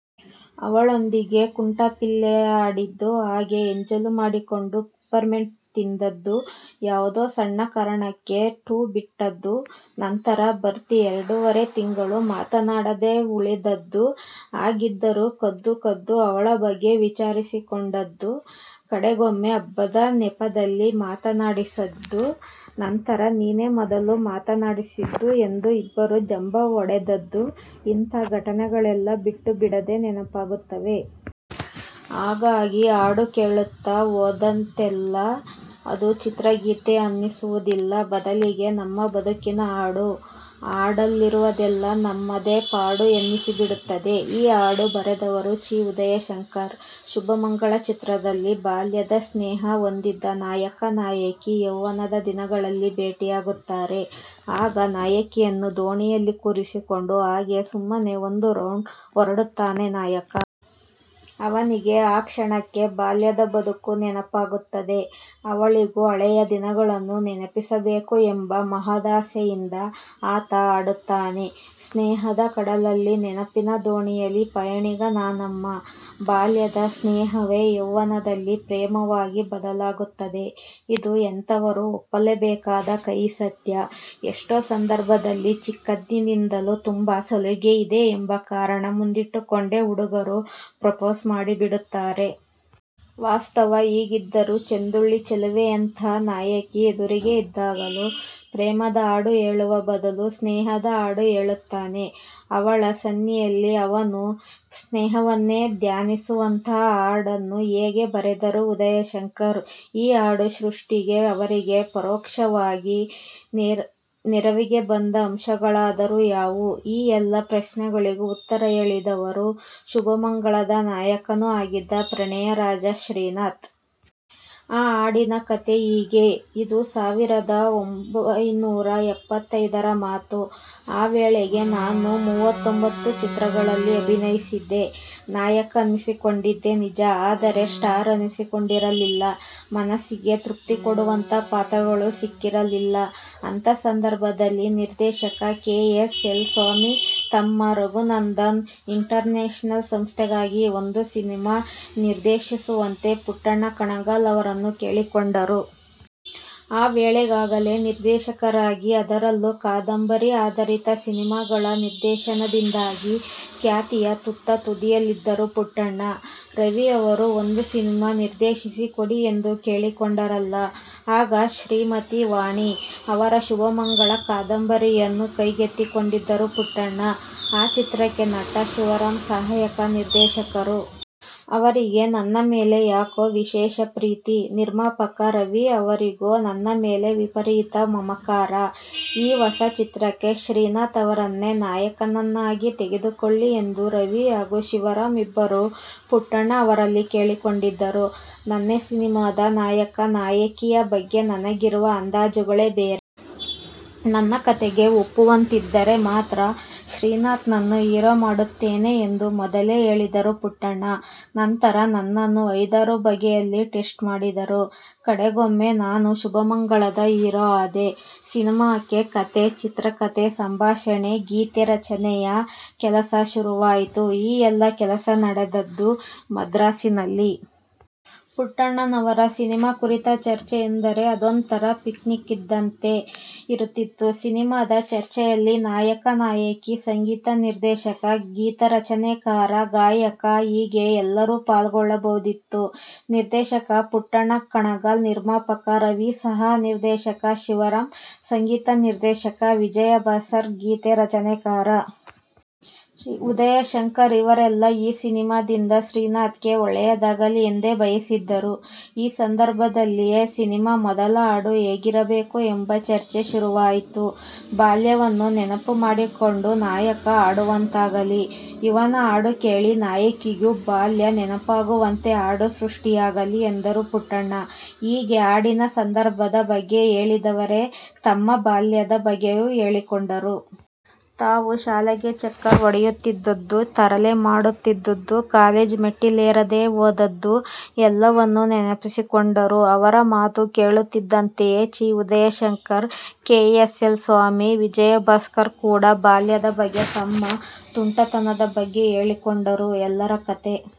ಅವಳೊಂದಿಗೆ ಕುಂಟಾಬಿಲ್ಲೆ ಆಡಿದ್ದು, ಕಾಗೆ ಎಂಜಲು ಮಾಡಿಕೊಂಡು ಪೆಪ್ಪರ್ಮೆಂಟ್ ತಿಂದದ್ದು, ಯಾವುದೋ ಸಣ್ಣ ಕಾರಣಕ್ಕೆ 'ಠೂ' ಬಿಟ್ಟಿದ್ದು, ನಂತರ ಭರ್ತಿ ಎರಡೂವರೆ ತಿಂಗಳು ಮಾತಾಡದೆ ಉಳಿದದ್ದು ಹಾಗಿದ್ದರೂ ಕದ್ದು ಕದ್ದು ಅವಳ ಬಗ್ಗೆ ವಿಚಾರಿಸಿಕೊಂಡದ್ದು, ಕಡೆಗೊಮ್ಮೆ ಹಬ್ಬದ ನೆಪದಲ್ಲಿ ಮಾತಾಡಿಸಿದ್ದು ನಂತರ-ನೀನೇ ಮೊದಲು ಮಾತಾಡಿಸಿದ್ದು ಎಂದು ಇಬ್ಬರೂ ಜಂಭ ಹೊಡೆದದ್ದು ಇಂಥ ಘಟನೆಗಳೆಲ್ಲ ಬಿಟ್ಟೂ ಬಿಡದೆ ನೆನಪಾಗುತ್ತವೆ. ಹಾಗಾಗಿ, ಹಾಡು ಕೇಳುತ್ತಾ ಹೋದಂತೆಲ್ಲ ಅದು ಚಿತ್ರಗೀತೆ ಅನ್ನಿಸುವುದಿಲ್ಲ. ಬದಲಿಗೆ, ನಮ್ಮ ಬದುಕಿನ ಹಾಡು, ಹಾಡಲ್ಲಿರುವುದೆಲ್ಲ ನಮ್ಮದೇ ಪಾಡು ಎನ್ನಿಸಿಬಿಡುತ್ತದೆ. ಈ ಹಾಡು ಬರೆದವರು ಚಿ. ಉದಯಶಂಕರ್. 'ಶುಭಮಂಗಳ' ಚಿತ್ರದಲ್ಲಿ ಬಾಲ್ಯದ 'ಸ್ನೇಹ' ಹೊಂದಿದ್ದ ನಾಯಕ-ನಾಯಕಿ ಯೌವ್ವನದ ದಿನಗಳಲ್ಲಿ ಭೇಟಿಯಾಗುತ್ತಾರೆ. ಆಗ ನಾಯಕಿಯನ್ನು ದೋಣಿಯಲ್ಲಿ ಕೂರಿಸಿಕೊಂಡು ಹಾಗೇ ಸುಮ್ಮನೆ ಒಂದು ರೌಂಡ್ ಹೊರಡುತ್ತಾನೆ ನಾಯಕ. ಅವನಿಗೆ ಆ ಕ್ಷಣಕ್ಕೆ ಬಾಲ್ಯದ ಬದುಕು ನೆನಪಾಗುತ್ತದೆ. ಅವಳಿಗೂ ಹಳೆಯ ದಿನಗಳನ್ನು ನೆನಪಿಸಬೇಕು ಎಂಬ ಮಹದಾಸೆಯಿಂದ ಆತ ಹಾಡುತ್ತಾನೆ: 'ಸ್ನೇಹದ ಕಡಲಲ್ಲೀ ನೆನಪಿನ ದೋಣಿಯಲೀ ಪಯಣಿಗ ನಾನಮ್ಮ' 'ಬಾಲ್ಯದ ಸ್ನೇಹವೇ ಯೌವ್ವನದಲ್ಲಿ ಪ್ರೇಮವಾಗಿ ಬದಲಾಗುತ್ತದೆ'. -ಇದು ಎಂಥವರೂ ಒಪ್ಪಲೇಬೇಕಾದ ಕಹಿ ಸತ್ಯ. ಎಷ್ಟೋ ಸಂದರ್ಭದಲ್ಲಿ ಚಿಕ್ಕಂದಿನಿಂದಲೂ ತುಂಬಾ ಸಲುಗೆಯಿದೆ ಎಂಬ ಕಾರಣ ಮುಂದಿಟ್ಟುಕೊಂಡೇ ಹುಡುಗರು ಪ್ರೊಪೋಸ್ ಮಾಡಿಬಿಡುತ್ತಾರೆ. ವಾಸ್ತವ ಹೀಗಿದ್ದರೂ, ಚಂದುಳ್ಳಿ ಚೆಲುವೆಯಂಥ ನಾಯಕಿ ಎದುರಿಗೇ ಇದ್ದಾಗಲೂ ಪ್ರೇಮದ ಹಾಡು ಹೇಳುವ ಬದಲು ಸ್ನೇಹದ ಹಾಡು ಹೇಳುತ್ತಾನೆ. 'ಅವಳ' ಸನ್ನಿಯಲ್ಲಿ 'ಅವನು' ಸ್ನೇಹವನ್ನೇ ಧ್ಯಾನಿಸುವಂಥ ಹಾಡನ್ನು ಹೇಗೆ ಬರೆದರು ಉದಯಶಂಕರ್ ಈ ಹಾಡು ಸೃಷ್ಟಿಗೆ ಅವರಿಗೆ ಪರೋಕ್ಷವಾಗಿ ನೆರವಿಗೆ ಬಂದ ಅಂಶಗಳಾದರೂ ಯಾವುವು? ಈ ಎಲ್ಲ ಪ್ರಶ್ನೆಗಳಿಗೂ ಉತ್ತರ ಹೇಳಿದವರು 'ಶುಭಮಂಗಳ'ದ ನಾಯಕನೂ ಆಗಿದ್ದ ಪ್ರಣಯ ರಾಜ ಶ್ರೀನಾಥ್. ಆ ಹಾಡಿನ ಕಥೆ ಹೀಗೆ ಇದು ಸಾವಿರದ ಒಂಭೈನೂರ ಎಪ್ಪತ್ತೈದರ ಮಾತು. ಆ ವೇಳೆಗೆ ನಾನು ಮೂವತ್ತೊಂಭತ್ತು ಚಿತ್ರಗಳಲ್ಲಿ ಅಭಿನಯಿಸಿದ್ದೆ. ನಾಯಕ ಅನ್ನಿಸಿಕೊಂಡಿದ್ದೆ ನಿಜ. ಆದರೆ 'ಸ್ಟಾರ್' ಅನ್ನಿಸಿಕೊಂಡಿರಲಿಲ್ಲ. ಮನಸ್ಸಿಗೆ ತೃಪ್ತಿಕೊಡುವಂಥ ಪಾತ್ರಗಳು ಸಿಕ್ಕಿರಲಿಲ್ಲ. ಅಂಥ ಸಂದರ್ಭದಲ್ಲಿ ನಿರ್ದೇಶಕ ಕೆ. ಎಸ್. ಎಲ್. ಸ್ವಾಮಿ ತಮ್ಮ ರಘುನಂದನ್ ಇಂಟರ್ನ್ಯಾಷನಲ್ ಸಂಸ್ಥೆಗಾಗಿ ಒಂದು ಸಿನಿಮಾ ನಿರ್ದೇಶಿಸುವಂತೆ ಪುಟ್ಟಣ್ಣ ಕಣಗಾಲ್ ಅವರನ್ನು ಕೇಳಿಕೊಂಡರು. ಆ ವೇಳೆಗಾಗಲೇ ನಿರ್ದೇಶಕರಾಗಿ, ಅದರಲ್ಲೂ ಕಾದಂಬರಿ ಆಧಾರಿತ ಸಿನಿಮಾಗಳ ನಿರ್ದೇಶನದಿಂದಾಗಿ ಖ್ಯಾತಿಯ ತುತ್ತ ತುದಿಯಲ್ಲಿದ್ದರು ಪುಟ್ಟಣ್ಣ. ರವೀ ಅವರು ಒಂದು ಸಿನಿಮಾ ನಿರ್ದೇಶಿಸಿ ಕೊಡಿ ಎಂದು ಕೇಳಿಕೊಂಡರಲ್ಲ? ಆಗ, ಶ್ರೀಮತಿ 'ವಾಣಿ' ಅವರ 'ಶುಭಮಂಗಳ' ಕಾದಂಬರಿಯನ್ನು ಕೈಗೆತ್ತಿಕೊಂಡಿದ್ದರು ಪುಟ್ಟಣ್ಣ. ಆ ಚಿತ್ರಕ್ಕೆ ನಟ ಶಿವರಾಂ ಸಹಾಯಕ ನಿರ್ದೇಶಕರು. ಅವರಿಗೆ ನನ್ನ ಮೇಲೆ ಯಾಕೋ ವಿಶೇಷ ಪ್ರೀತಿ. ನಿರ್ಮಾಪಕ ರವೀ ಅವರಿಗೂ ನನ್ನ ಮೇಲೆ ವಿಪರೀತ ಮಮಕಾರ. ಈ ಹೊಸ ಚಿತ್ರಕ್ಕೆ ಶ್ರೀನಾಥ್ ಅವರನ್ನೇ ನಾಯಕನನ್ನಾಗಿ ತೆಗೆದುಕೊಳ್ಳಿ ಎಂದು ರವೀ ಹಾಗೂ ಶಿವರಾಂ ಇಬ್ಬರೂ ಪುಟ್ಟಣ್ಣ ಅವರಲ್ಲಿ ಕೇಳಿಕೊಂಡಿದ್ದರು. 'ನನ್ನ ಸಿನಿಮಾದ ನಾಯಕ-ನಾಯಕಿಯ ಬಗ್ಗೆ ನನಗಿರುವ ಅಂದಾಜುಗಳೇ ಬೇರೆ. ನನ್ನ ಕಥೆಗೆ ಒಪ್ಪುವಂತಿದ್ದರೆ ಮಾತ್ರ ಶ್ರೀನಾಥ್ನನ್ನು ಹೀರೋ ಮಾಡ್ತೀನಿ' ಎಂದು ಮೊದಲೇ ಹೇಳಿದ್ದರು ಪುಟ್ಟಣ್ಣ. ನಂತರ, ನನ್ನನ್ನು ಐದಾರು ಬಗೆಯಲ್ಲಿ 'ಟೆಸ್ಟ್' ಮಾಡಿದರು. ಕಡೆಗೊಮ್ಮೆ ನಾನು 'ಶುಭಮಂಗಳ'ದ ಹೀರೋ ಆದೆ. ಸಿನಿಮಾಕ್ಕೆ ಕಥೆ, ಚಿತ್ರಕಥೆ, ಸಂಭಾಷಣೆ, ಗೀತೆ ರಚನೆಯ ಕೆಲಸ ಶುರುವಾಯಿತು. ಈ ಎಲ್ಲ ಕೆಲಸ ನಡೆದದ್ದು ಮದ್ರಾಸಿನಲ್ಲಿ. ಪುಟ್ಟಣ್ಣನವರ ಸಿನಿಮಾ ಕುರಿತ ಚರ್ಚೆ ಎಂದರೆ, ಅದೊಂಥರಾ ಪಿಕ್ನಿಕ್ ಇದ್ದಂತೆ ಇರುತ್ತಿತ್ತು. ಸಿನಿಮಾದ ಚರ್ಚೆಯಲ್ಲಿ ನಾಯಕ, ನಾಯಕಿ, ಸಂಗೀತ ನಿರ್ದೇಶಕ, ಗೀತೆರಚನೆಕಾರ, ಗಾಯಕ. ಹೀಗೆ ಎಲ್ಲರೂ ಪಾಲ್ಗೊಳ್ಳಬಹುದಿತ್ತು. ನಿರ್ದೇಶಕ ಪುಟ್ಟಣ್ಣ ಕಣಗಾಲ್, ನಿರ್ಮಾಪಕ ರವೀ, ಸಹ ನಿರ್ದೇಶಕ ಶಿವರಾಂ, ಸಂಗೀತ ನಿರ್ದೇಶಕ ವಿಜಯ ಭಾಸ್ಕರ್, ಗೀತ ರಚನೆಕಾರ ಚಿ. ಉದಯಶಂಕರ್ ಇವರೆಲ್ಲಾ ಈ ಸಿನಿಮಾದಿಂದ ಶ್ರೀನಾಥ್ಗೆ ಒಳ್ಳೆಯದಾಗಲಿ ಎಂದೇ ಬಯಸಿದ್ದರು. ಈ ಸಂದರ್ಭದಲ್ಲಿಯೇ- ಸಿನಿಮಾ ಮೊದಲ ಹಾಡು ಹೇಗಿರಬೇಕು ಎಂಬ ಚರ್ಚೆ ಶುರುವಾಯಿತು. 'ಬಾಲ್ಯವನ್ನು ನೆನಪು ಮಾಡಿಕೊಂಡು ನಾಯಕ ಹಾಡುವಂತಾಗಲಿ. ಇವನ ಹಾಡು ಕೇಳಿ ನಾಯಕಿಗೂ ಬಾಲ್ಯ ನೆನಪಾಗುವಂತೆ ಹಾಡು ಸೃಷ್ಟಿಯಾಗಲಿ' ಎಂದರು ಪುಟ್ಟಣ್ಣ. ಹೀಗೆ, ಹಾಡಿನ ಸಂದರ್ಭದ ಬಗ್ಗೆ ಹೇಳಿದವರೇ ತಮ್ಮ ಬಾಲ್ಯದ ಬಗ್ಗೆಯೂ ಹೇಳಿಕೊಂಡರು. ತಾವು ಶಾಲೆಗೆ ಚಕ್ಕರ್ ಹೊಡೆಯುತ್ತಿದ್ದುದು, ತರಲೆ ಮಾಡುತ್ತಿದ್ದುದು, ಕಾಲೇಜು ಮೆಟ್ಟೀಲೇರದೇ ಹೋದದ್ದು ಎಲ್ಲವನ್ನೂ ನೆನಪಿಸಿಕೊಂಡರು. ಅವರ ಮಾತು ಕೇಳುತ್ತಿದ್ದಂತೆಯೇ Chi. Udayashankar, K. S. L. Swamy, Vijayabhaskar ಕೂಡ ಬಾಲ್ಯದ ಬಗ್ಗೆ ತಮ್ಮ ತುಂಟತನದ ಬಗ್ಗೆ ಹೇಳಿಕೊಂಡರು. ಎಲ್ಲರ ಕಥೆ